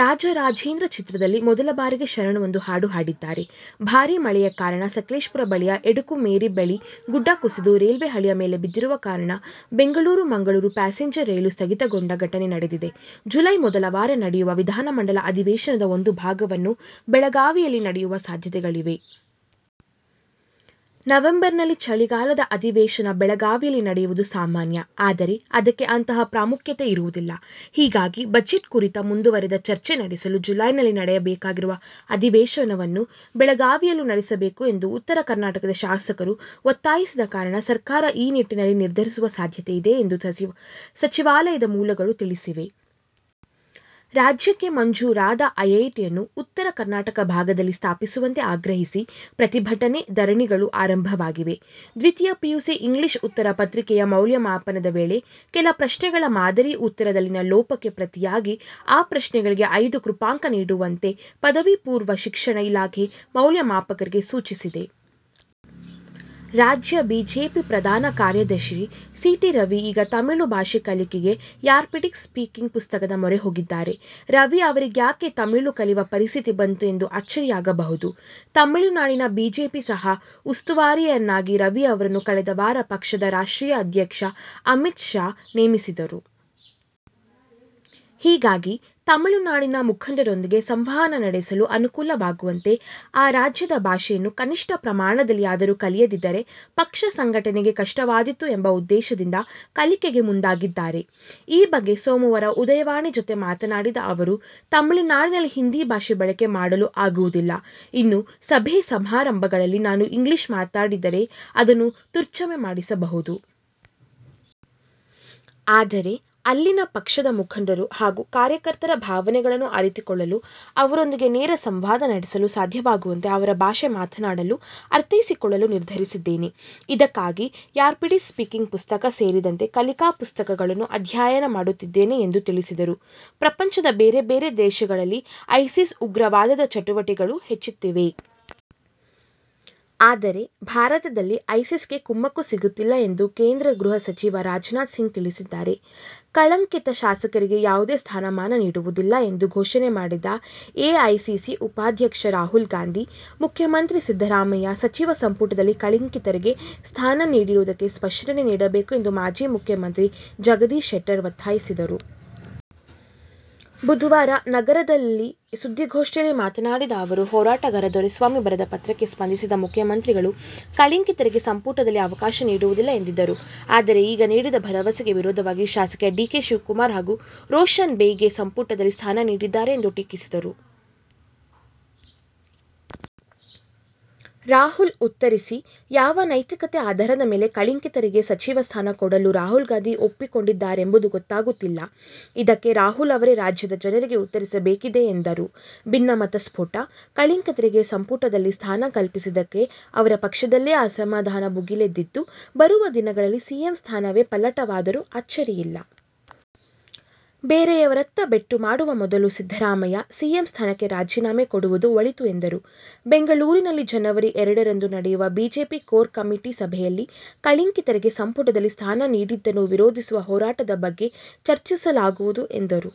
ರಾಜ ರಾಜೇಂದ್ರ' ಚಿತ್ರದಲ್ಲಿ ಮೊದಲ ಬಾರಿಗೆ ಶರಣ್ ಒಂದು ಹಾಡು ಹಾಡಿದ್ದಾರೆ. ಭಾರೀ ಮಳೆಯ ಕಾರಣ ಸಕೆಲೇಶಪುರ ಬಳಿಯ ಎಡಕುಮೇರಿ ಬಳಿ ಗುಡ್ಡ ಕುಸಿದು ರೈಲ್ವೇ ಹಳಿಯ ಮೇಲೆ ಬಿದ್ದಿರುವ ಕಾರಣ ಬೆಂಗಳೂರು -ಮಂಗಳೂರು ಪ್ಯಾಸೆಂಜರ್ ರೈಲು ಸ್ಥಗಿತಗೊಂಡ ಘಟನೆ ನಡೆದಿದೆ. ಜುಲೈ ಮೊದಲ ವಾರ ನಡೆಯುವ ವಿಧಾನಮಂಡಲ ಅಧಿವೇಶನದ ಒಂದು ಭಾಗವನ್ನು ಬೆಳಗಾವಿಯಲ್ಲಿ ನಡೆಯುವ ಸಾಧ್ಯತೆಗಳಿವೆ. ನವೆಂಬರ್ನಲ್ಲಿ ಚಳಿಗಾಲದ ಅಧಿವೇಶನ ಬೆಳಗಾವಿಯಲ್ಲಿ ನಡೆಯುವುದು ಸಾಮಾನ್ಯ. ಆದರೆ, ಅದಕ್ಕೆ ಅಂತಹ ಪ್ರಾಮುಖ್ಯತೆ ಇರುವುದಿಲ್ಲ. ಹೀಗಾಗಿ ಬಜೆಟ್ ಕುರಿತ ಮುಂದುವರೆದ ಚರ್ಚೆ ನಡೆಸಲು ಜುಲೈನಲ್ಲಿ ನಡೆಯಬೇಕಿರುವ ಅಧಿವೇಶನವನ್ನು ಬೆಳಗಾವಿಯಲ್ಲೂ ನಡೆಸಬೇಕು ಎಂದು ಉತ್ತರ ಕರ್ನಾಟಕದ ಶಾಸಕರು ಒತ್ತಾಯಿಸಿದ ಕಾರಣ ಸರ್ಕಾರ ಈ ನಿಟ್ಟಿನಲ್ಲಿ ನಿರ್ಧರಿಸುವ ಸಾಧ್ಯತೆಯಿದೆ ಎಂದು ಸಚಿವಾಲಯದ ಮೂಲಗಳು ತಿಳಿಸಿವೆ. ರಾಜ್ಯಕ್ಕೆ ಮಂಜೂರಾದ ಐಐಟಿಯನ್ನು ಉತ್ತರ ಕರ್ನಾಟಕ ಭಾಗದಲ್ಲಿ ಸ್ಥಾಪಿಸುವಂತೆ ಆಗ್ರಹಿಸಿ ಪ್ರತಿಭಟನೆ, ಧರಣಿಗಳು ಆರಂಭವಾಗಿವೆ. ದ್ವಿತೀಯ ಪಿಯುಸಿ ಇಂಗ್ಲೀಷ್ ಉತ್ತರ ಪತ್ರಿಕೆಯ ಮೌಲ್ಯಮಾಪನದ ವೇಳೆ ಕೆಲ ಪ್ರಶ್ನೆಗಳ ಮಾದರಿ ಉತ್ತರದಲ್ಲಿನ ಲೋಪಕ್ಕೆ ಪ್ರತಿಯಾಗಿ ಆ ಪ್ರಶ್ನೆಗಳಿಗೆ ಐದು ಕೃಪಾಂಕ ನೀಡುವಂತೆ ಪದವಿ ಪೂರ್ವ ಶಿಕ್ಷಣ ಇಲಾಖೆ ಮೌಲ್ಯಮಾಪಕರಿಗೆ ಸೂಚಿಸಿದೆ. ರಾಜ್ಯ ಬಿಜೆಪಿ ಪ್ರಧಾನ ಕಾರ್ಯದರ್ಶಿ ಸಿ. ಟಿ. ರವಿ ಈಗ ತಮಿಳು ಭಾಷೆ ಕಲಿಕೆಗಾಗಿ ರ್ಯಾಪಿಡೆಕ್ಸ್ ಸ್ಪೀಕಿಂಗ್ ಪುಸ್ತಕದ ಮೊರೆ ಹೋಗಿದ್ದಾರೆ. ರವಿ ಅವರಿಗ್ಯಾಕೆ ತಮಿಳು ಕಲಿವ ಪರಿಸ್ಥಿತಿ ಬಂತು ಎಂದು ಅಚ್ಚರಿಯಾಗಬಹುದು. ತಮಿಳುನಾಡಿನ ಬಿಜೆಪಿ ಸಹ ಉಸ್ತುವಾರಿಯನ್ನಾಗಿ ರವಿ ಅವರನ್ನು ಕಳೆದ ವಾರ ಪಕ್ಷದ ರಾಷ್ಟ್ರೀಯ ಅಧ್ಯಕ್ಷ ಅಮಿತ್ ಶಾ ನೇಮಿಸಿದ್ದರು. ಹೀಗಾಗಿ, ತಮಿಳುನಾಡಿನ ಮುಖಂಡರೊಂದಿಗೆ ಸಂವಹನ ನಡೆಸಲು ಅನುಕೂಲವಾಗುವಂತೆ ಆ ರಾಜ್ಯದ ಭಾಷೆಯನ್ನು ಕನಿಷ್ಠ ಪ್ರಮಾಣದಲ್ಲಿಯಾದರೂ ಕಲಿಯದಿದ್ದರೆ ಪಕ್ಷ ಸಂಘಟನೆಗೆ ಕಷ್ಟವಾದೀತು ಎಂಬ ಉದ್ದೇಶದಿಂದ ಕಲಿಕೆಗೆ ಮುಂದಾಗಿದ್ದಾರೆ. ಈ ಬಗ್ಗೆ ಸೋಮವಾರ ಉದಯವಾಣಿ' ಜತೆ ಮಾತನಾಡಿದ ಅವರು, ತಮಿಳುನಾಡಿನಲ್ಲಿ ಹಿಂದಿ ಭಾಷೆ ಬಳಕೆ ಮಾಡಲು ಆಗುವುದಿಲ್ಲ. ಇನ್ನು ಸಭೆ-ಸಮಾರಂಭಗಳಲ್ಲಿ ನಾನು ಇಂಗ್ಲಿಷ್ ಮಾತನಾಡಿದರೆ ಅದನ್ನು ತರ್ಜುಮೆ ಮಾಡಿಸಬಹುದು. ಆದರೆ, ಅಲ್ಲಿನ ಪಕ್ಷದ ಮುಖಂಡರು ಹಾಗೂ ಕಾರ್ಯಕರ್ತರ ಭಾವನೆಗಳನ್ನು ಅರಿತುಕೊಳ್ಳಲು ಅವರೊಂದಿಗೆ ನೇರ ಸಂವಾದ ನಡೆಸಲು ಸಾಧ್ಯವಾಗುವಂತೆ ಅವರ ಭಾಷೆ ಮಾತನಾಡಲು-ಅರ್ಥೈಸಿಕೊಳ್ಳಲು ನಿರ್ಧರಿಸಿದ್ದೇನೆ. ಇದಕ್ಕಾಗಿ ರ್ಯಾಪಿಡೆಕ್ಸ್ ಸ್ಪೀಕಿಂಗ್ ಪುಸ್ತಕ ಸೇರಿದಂತೆ ಕಲಿಕಾ ಪುಸ್ತಕಗಳನ್ನು ಅಧ್ಯಯನ ಮಾಡುತ್ತಿದ್ದೇನೆ ಎಂದು ತಿಳಿಸಿದರು. ಪ್ರಪಂಚದ ಬೇರೆ ಬೇರೆ ದೇಶಗಳಲ್ಲಿ ಐಸಿಸ್ ಉಗ್ರವಾದದ ಚಟುವಟಿಕೆಗಳು ಹೆಚ್ಚುತ್ತಿವೆ. ಆದರೆ, ಭಾರತದಲ್ಲಿ ಐಸಿಸ್ಗೆ ಕುಮ್ಮಕ್ಕು ಸಿಗುತ್ತಿಲ್ಲ ಎಂದು ಕೇಂದ್ರ ಗೃಹ ಸಚಿವ ರಾಜನಾಥ್ ಸಿಂಗ್ ತಿಳಿಸಿದ್ದಾರೆ. ಕಳಂಕಿತ ಶಾಸಕರಿಗೆ ಯಾವುದೇ ಸ್ಥಾನಮಾನ ನೀಡುವುದಿಲ್ಲ ಎಂದು ಘೋಷಣೆ ಮಾಡಿದ್ದ ಎಐಸಿಸಿ ಉಪಾಧ್ಯಕ್ಷ ರಾಹುಲ್ ಗಾಂಧಿ, ಮುಖ್ಯಮಂತ್ರಿ ಸಿದ್ದರಾಮಯ್ಯ ಸಚಿವ ಸಂಪುಟದಲ್ಲಿ ಕಳಂಕಿತರಿಗೆ ಸ್ಥಾನ ನೀಡಿರುವುದಕ್ಕೆ ಸ್ಪಷ್ಟನೆ ನೀಡಬೇಕು ಎಂದು ಮಾಜಿ ಮುಖ್ಯಮಂತ್ರಿ ಜಗದೀಶ ಶೆಟ್ಟರ್ ಒತ್ತಾಯಿಸಿದರು. ಬುಧವಾರ ನಗರದಲ್ಲಿ ಸುದ್ದಿಗೋಷ್ಠಿಯಲ್ಲಿ ಮಾತನಾಡಿದ ಅವರು, ಹೋರಾಟಗಾರ ದೊರೆಸ್ವಾಮಿ ಬರೆದ ಪತ್ರಕ್ಕೆ ಸ್ಪಂದಿಸಿದ ಮುಖ್ಯಮಂತ್ರಿಗಳು ಕಳಂಕಿತರಿಗೆ ಸಂಪುಟದಲ್ಲಿ ಅವಕಾಶ ನೀಡುವುದಿಲ್ಲ ಎಂದಿದ್ದರು. ಆದರೆ, ಈಗ ನೀಡಿದ್ದ ಭರವಸೆಗೆ ವಿರುದ್ಧವಾಗಿ ಶಾಸಕ ಡಿ. ಕೆ. ಶಿವಕುಮಾರ್ ಹಾಗೂ ರೋಷನ್ ಬೇಗ್ಗೆ ಸಂಪುಟದಲ್ಲಿ ಸ್ಥಾನ ನೀಡಿದ್ದಾರೆ ಎಂದು ಟೀಕಿಸಿದರು. ರಾಹುಲ್ ಉತ್ತರಿಸಿ: ಯಾವ ನೈತಿಕತೆ ಆಧಾರದ ಮೇಲೆ ಕಳಂಕಿತರಿಗೆ ಸಚಿವ ಸ್ಥಾನ ಕೊಡಲು ರಾಹುಲ್ ಗಾಂಧಿ ಒಪ್ಪಿಕೊಂಡಿದ್ದಾರೆಂಬುದು ಗೊತ್ತಾಗುತ್ತಿಲ್ಲ. ಇದಕ್ಕೆ ರಾಹುಲ್ ಅವರೇ ರಾಜ್ಯದ ಜನರಿಗೆ ಉತ್ತರಿಸಬೇಕಿದೆ ಎಂದರು. ಭಿನ್ನಮತ ಸ್ಫೋಟ: ಕಳಂಕಿತರಿಗೆ ಸಂಪುಟದಲ್ಲಿ ಸ್ಥಾನ ಕಲ್ಪಿಸಿದ್ದಕ್ಕೆ ಅವರ ಪಕ್ಷದಲ್ಲೇ ಅಸಮಾಧಾನ ಭುಗಿಲೆದ್ದಿದ್ದು, ಬರುವ ದಿನಗಳಲ್ಲಿ ಸಿಎಂ ಸ್ಥಾನವೇ ಪಲ್ಲಟವಾದರೂ ಅಚ್ಚರಿಯಿಲ್ಲ. ಬೇರೆಯವರತ್ತ ಬೆಟ್ಟು ಮಾಡುವ ಮೊದಲು ಸಿದ್ದರಾಮಯ್ಯ, ಸಿಎಂ ಸ್ಥಾನಕ್ಕೆ ರಾಜೀನಾಮೆ ಕೊಡುವುದು ಒಳಿತು ಎಂದರು. ಬೆಂಗಳೂರಿನಲ್ಲಿ ಜನವರಿ ಎರಡರಂದು ನಡೆಯುವ ಬಿಜೆಪಿ ಕೋರ್ ಕಮಿಟಿ ಸಭೆಯಲ್ಲಿ ಕಳಂಕಿತರಿಗೆ ಸಂಪುಟದಲ್ಲಿ ಸ್ಥಾನ ನೀಡಿದ್ದನ್ನು ವಿರೋಧಿಸಿಸುವ ಹೋರಾಟದ ಬಗ್ಗೆ ಚರ್ಚಿಸಲಾಗುವುದು ಎಂದರು.